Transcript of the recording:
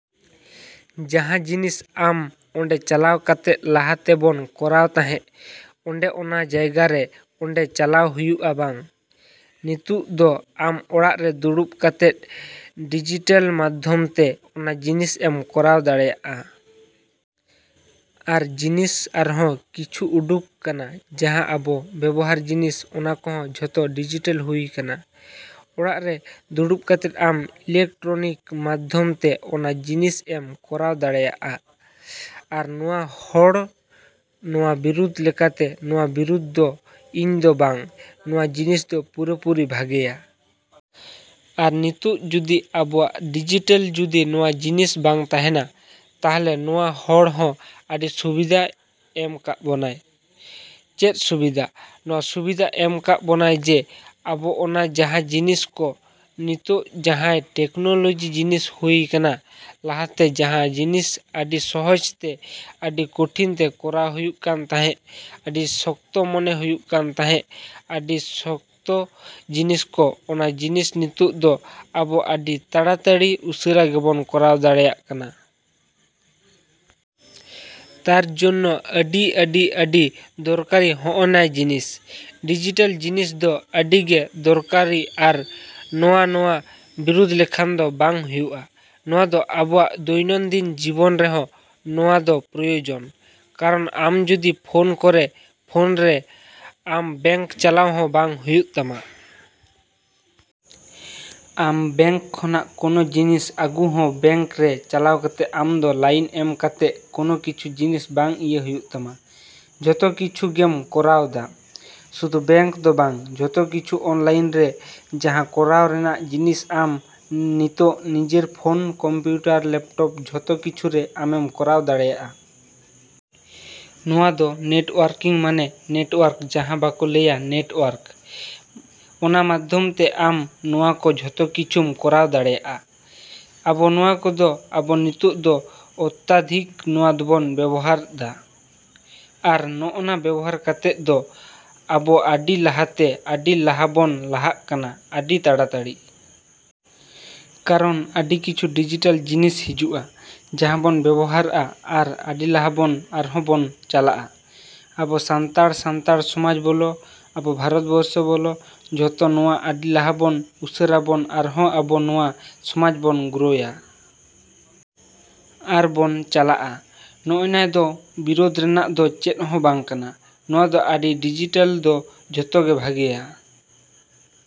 ᱡᱟᱦᱟᱸ ᱡᱤᱱᱤᱥ ᱟᱢ ᱚᱸᱰᱮ ᱪᱟᱞᱟᱣ ᱠᱟᱛᱮᱜ ᱞᱟᱦᱟ ᱛᱮᱵᱚᱱ ᱠᱚᱨᱟᱣ ᱛᱟᱦᱮᱸᱜ, ᱚᱸᱰᱮ ᱚᱱᱟ ᱡᱟᱭᱜᱟ ᱨᱮ ᱚᱸᱰᱮ ᱪᱟᱞᱟᱣ ᱦᱩᱭᱩᱜᱼᱟ ᱵᱟᱝ᱾ ᱱᱤᱛᱚᱜ ᱫᱚ ᱟᱢ ᱚᱲᱟᱜ ᱨᱮ ᱫᱩᱲᱩᱵ ᱠᱟᱛᱮᱜ ᱰᱤᱡᱤᱴᱟᱞ ᱢᱟᱫᱽᱫᱷᱚᱢ ᱛᱮ ᱚᱱᱟ ᱡᱤᱱᱤᱥ ᱮᱢ ᱠᱚᱨᱟᱣ ᱫᱟᱲᱮᱭᱟᱜᱼᱟ᱾ ᱟᱨ ᱡᱤᱱᱤᱥ ᱟᱨᱦᱚᱸ ᱠᱤᱪᱷᱩ ᱩᱰᱩᱠ ᱠᱟᱱᱟ ᱡᱟᱦᱟᱸ ᱟᱵᱚ ᱵᱮᱵᱚᱦᱟᱨ ᱡᱤᱱᱤᱥ, ᱚᱱᱟ ᱠᱚᱦᱚᱸ ᱡᱚᱛᱚ ᱰᱤᱡᱤᱴᱟᱞ ᱦᱩᱭ ᱠᱟᱱᱟ᱾ ᱚᱲᱟᱜ ᱨᱮ ᱫᱩᱲᱩᱵ ᱠᱟᱛᱮᱜ ᱟᱢ ᱤᱞᱮᱠᱴᱨᱚᱱᱤᱠ ᱢᱟᱫᱽᱫᱷᱚᱢ ᱛᱮ ᱚᱱᱟ ᱡᱤᱱᱤᱥ ᱮᱢ ᱠᱚᱨᱟᱣ ᱫᱟᱲᱮᱭᱟᱜᱼᱟ᱾ ᱟᱨ ᱱᱚᱣᱟ ᱦᱚᱲ ᱱᱚᱣᱟ ᱵᱤᱨᱩᱫᱷ ᱞᱮᱠᱟᱛᱮ ᱱᱚᱣᱟ ᱵᱤᱨᱩᱫᱷ ᱫᱚ ᱤᱧ ᱫᱚ ᱵᱟᱝ, ᱱᱚᱣᱟ ᱡᱤᱱᱤᱥ ᱫᱚ ᱯᱩᱨᱟᱹᱯᱩᱨᱤ ᱵᱷᱟᱜᱮᱭᱟ᱾ ᱟᱨ ᱱᱤᱛᱚᱜ ᱡᱩᱫᱤ ᱟᱵᱚᱣᱟᱜ ᱰᱤᱡᱤᱴᱟᱞ ᱡᱩᱫᱤ ᱱᱚᱣᱟ ᱡᱤᱱᱤᱥ ᱵᱟᱝ ᱛᱟᱦᱮᱱᱟ, ᱛᱟᱦᱚᱞᱮ ᱱᱚᱣᱟ ᱦᱚᱲ ᱦᱚᱸ ᱟᱹᱰᱤ ᱥᱩᱵᱤᱫᱷᱟ ᱮᱢ ᱠᱟᱜ ᱵᱚᱱᱟᱭ᱾ ᱪᱮᱫ ᱥᱩᱵᱤᱫᱷᱟ? ᱱᱚᱣᱟ ᱥᱩᱵᱤᱫᱷᱟ ᱮᱢ ᱠᱟᱜ ᱵᱚᱱᱟᱭ ᱡᱮ ᱟᱵᱚ ᱚᱱᱟ ᱡᱟᱦᱟᱸ ᱡᱤᱱᱤᱥ ᱠᱚ ᱱᱤᱛᱚᱜ ᱡᱟᱦᱟᱸᱭ ᱴᱮᱠᱱᱳᱞᱚᱡᱤ ᱡᱤᱱᱤᱥ ᱦᱩᱭ ᱠᱟᱱᱟ, ᱞᱟᱦᱟᱛᱮ ᱡᱟᱦᱟᱸ ᱡᱤᱱᱤᱥ ᱟᱹᱰᱤ ᱥᱚᱦᱚᱡ ᱛᱮ, ᱟᱹᱰᱤ ᱠᱚᱴᱷᱤᱱ ᱛᱮ ᱠᱚᱨᱟᱣ ᱦᱩᱭᱩᱜ ᱠᱟᱱ ᱛᱟᱦᱮᱸᱜ, ᱟᱹᱰᱤ ᱥᱚᱠᱛᱚ ᱢᱚᱱᱮ ᱦᱩᱭᱩᱜ ᱠᱟᱱ ᱛᱟᱦᱮᱸᱜ, ᱟᱹᱰᱤ ᱥᱚᱠᱛᱚ ᱡᱤᱱᱤᱥ ᱠᱚ, ᱚᱱᱟ ᱡᱤᱱᱤᱥ ᱱᱤᱛᱚᱜ ᱫᱚ ᱟᱵᱚ ᱟᱹᱰᱤ ᱛᱟᱲᱟᱛᱟᱲᱤ ᱩᱥᱟᱹᱨᱟ ᱜᱮᱵᱚᱱ ᱠᱚᱨᱟᱣ ᱫᱟᱲᱮᱭᱟᱜ ᱠᱟᱱᱟ᱾ ᱛᱟᱨᱡᱚᱱᱱᱚ ᱟᱹᱰᱤ ᱟᱹᱰᱤ ᱟᱹᱰᱤ ᱫᱚᱨᱠᱟᱨᱤ ᱦᱚᱜᱼᱚᱭ ᱱᱟ ᱡᱤᱱᱤᱥ᱾ ᱰᱤᱡᱤᱴᱟᱞ ᱡᱤᱱᱤᱥ ᱫᱚ ᱟᱹᱰᱤ ᱜᱮ ᱫᱚᱨᱠᱟᱨᱤ ᱟᱨ ᱱᱚᱣᱟ ᱱᱚᱣᱟ ᱵᱤᱨᱩᱫᱷ ᱞᱮᱠᱷᱟᱱ ᱫᱚ ᱵᱟᱝ ᱦᱩᱭᱩᱜᱼᱟ᱾ ᱱᱚᱣᱟ ᱫᱚ ᱟᱵᱚᱣᱟᱜ ᱫᱚᱭᱱᱚᱱᱫᱤᱱ ᱡᱤᱵᱚᱱ ᱨᱮᱦᱚᱸ ᱱᱚᱣᱟ ᱫᱚ ᱯᱨᱚᱭᱳᱡᱚᱱ᱾ ᱠᱟᱨᱚᱱ ᱟᱢ ᱡᱚᱫᱤ ᱯᱷᱚᱱ ᱠᱚᱨᱮ, ᱯᱷᱚᱱ ᱨᱮ ᱟᱢ ᱵᱮᱝᱠ ᱪᱟᱞᱟᱣ ᱦᱚᱸ ᱵᱟᱝ ᱦᱩᱭᱩᱜ ᱛᱟᱢᱟ᱾ ᱟᱢ ᱵᱮᱝᱠ ᱠᱷᱚᱱᱟᱜ ᱟᱢ ᱠᱚᱱᱚ ᱡᱤᱱᱤᱥ ᱟᱹᱜᱩ ᱦᱚᱸ ᱵᱮᱝᱠ ᱨᱮ ᱪᱟᱞᱟᱣ ᱠᱟᱛᱮᱜ ᱟᱢ ᱫᱚ ᱞᱟᱭᱤᱱ ᱮᱢ ᱠᱟᱛᱮᱜ ᱠᱚᱱᱚ ᱠᱤᱪᱷᱩ ᱡᱤᱱᱤᱥ ᱵᱟᱝ ᱤᱭᱟᱹ ᱦᱩᱭᱩᱜ ᱛᱟᱢᱟ᱾ ᱡᱷᱚᱛᱚ ᱠᱤᱪᱷᱩ ᱜᱮᱢ ᱠᱚᱨᱟᱣ ᱫᱟ᱾ ᱥᱩᱫᱩ ᱵᱮᱝᱠ ᱫᱚ ᱵᱟᱝ, ᱡᱷᱚᱛᱚ ᱠᱤᱪᱷᱩ ᱚᱱᱞᱟᱭᱤᱱ ᱨᱮ ᱡᱟᱦᱟᱸ ᱠᱚᱨᱟᱣ ᱨᱮᱱᱟᱜ ᱡᱤᱱᱤᱥ ᱟᱢ ᱱᱤᱛᱚᱜ ᱱᱤᱡᱮᱨ ᱯᱷᱚᱱ, ᱠᱚᱢᱯᱤᱭᱩᱴᱟᱨ, ᱞᱮᱯᱴᱚᱯ, ᱡᱷᱚᱛᱚ ᱠᱤᱪᱷᱩ ᱨᱮ ᱟᱢᱮᱢ ᱠᱚᱨᱟᱣ ᱫᱟᱲᱮᱭᱟᱜᱼᱟ᱾ ᱱᱚᱣᱟ ᱫᱚ ᱱᱮᱴᱣᱚᱨᱠᱤᱝ ᱢᱟᱱᱮ ᱱᱮᱴᱣᱚᱨᱠ ᱡᱟᱦᱟᱸ ᱵᱟᱠᱚ ᱞᱟᱹᱭᱟ ᱱᱮᱴᱣᱚᱨᱠ, ᱚᱱᱟ ᱢᱟᱫᱽᱫᱷᱚᱢ ᱛᱮ ᱟᱢ ᱱᱚᱣᱟ ᱠᱚ ᱡᱷᱚᱛᱚ ᱠᱤᱪᱷᱩᱢ ᱠᱚᱨᱟᱣ ᱫᱟᱲᱮᱭᱟᱜᱼᱟ᱾ ᱟᱵᱚ ᱱᱚᱣᱟ ᱠᱚᱫᱚ ᱟᱵᱚ ᱱᱤᱛᱚᱜ ᱫᱚ ᱚᱛᱛᱟᱫᱷᱤᱠ ᱱᱚᱣᱟ ᱫᱚᱵᱚᱱ ᱵᱮᱵᱚᱦᱟᱨᱫᱟ᱾ ᱟᱨ ᱱᱚᱜᱼᱱᱟ ᱵᱮᱵᱚᱦᱟᱨ ᱠᱟᱛᱮᱜ ᱫᱚ ᱟᱵᱚ ᱟᱹᱰᱤ ᱞᱟᱦᱟᱛᱮ ᱟᱹᱰᱤ ᱞᱟᱦᱟᱵᱚᱱ ᱞᱟᱦᱟᱜ ᱠᱟᱱᱟ ᱟᱹᱰᱤ ᱛᱟᱲᱟᱛᱟᱲᱤ᱾ ᱠᱟᱨᱚᱱ ᱟᱹᱰᱤ ᱠᱤᱪᱷᱩ ᱰᱤᱡᱤᱴᱟᱞ ᱡᱤᱱᱤᱥ ᱦᱤᱡᱩᱜᱼᱟ ᱡᱟᱦᱟᱸ ᱵᱚᱱ ᱵᱮᱵᱚᱦᱟᱨᱟ ᱟᱨ ᱟᱹᱰᱤ ᱞᱟᱦᱟᱵᱚᱱ ᱟᱨᱦᱚᱸ ᱵᱚᱱ ᱪᱟᱞᱟᱜᱼᱟ᱾ ᱟᱵᱚ ᱥᱟᱱᱛᱟᱲ ᱥᱟᱱᱛᱟᱲ ᱥᱚᱢᱟᱡᱽ ᱵᱚᱞᱚ, ᱟᱵᱚ ᱵᱷᱟᱨᱚᱛᱵᱚᱨᱥᱚ ᱵᱚᱞᱚ, ᱡᱷᱚᱛᱚ ᱱᱚᱣᱟ ᱟᱹᱰᱤ ᱞᱟᱦᱟᱵᱚᱱ ᱩᱥᱟᱹᱨᱟᱵᱚᱱ ᱟᱨᱦᱚᱸ ᱟᱵᱚ ᱱᱚᱣᱟ ᱥᱚᱢᱟᱡᱽ ᱵᱚᱱ ᱜᱨᱳᱭᱟ᱾ ᱟᱨ ᱵᱚᱱ ᱪᱟᱞᱟᱜᱼᱟ᱾ ᱱᱚᱜᱼᱚᱭ ᱱᱟ ᱫᱚ ᱵᱤᱨᱚᱫᱷ ᱨᱮᱱᱟᱜ ᱫᱚ ᱪᱮᱫ ᱦᱚᱸ ᱵᱟᱝ ᱠᱟᱱᱟ᱾ ᱱᱚᱣᱟ ᱫᱚ ᱟᱹᱰᱤ ᱰᱤᱡᱤᱴᱟᱞ ᱫᱚ ᱡᱷᱚᱛᱚ ᱜᱮ ᱵᱷᱟᱜᱮᱭᱟ᱾।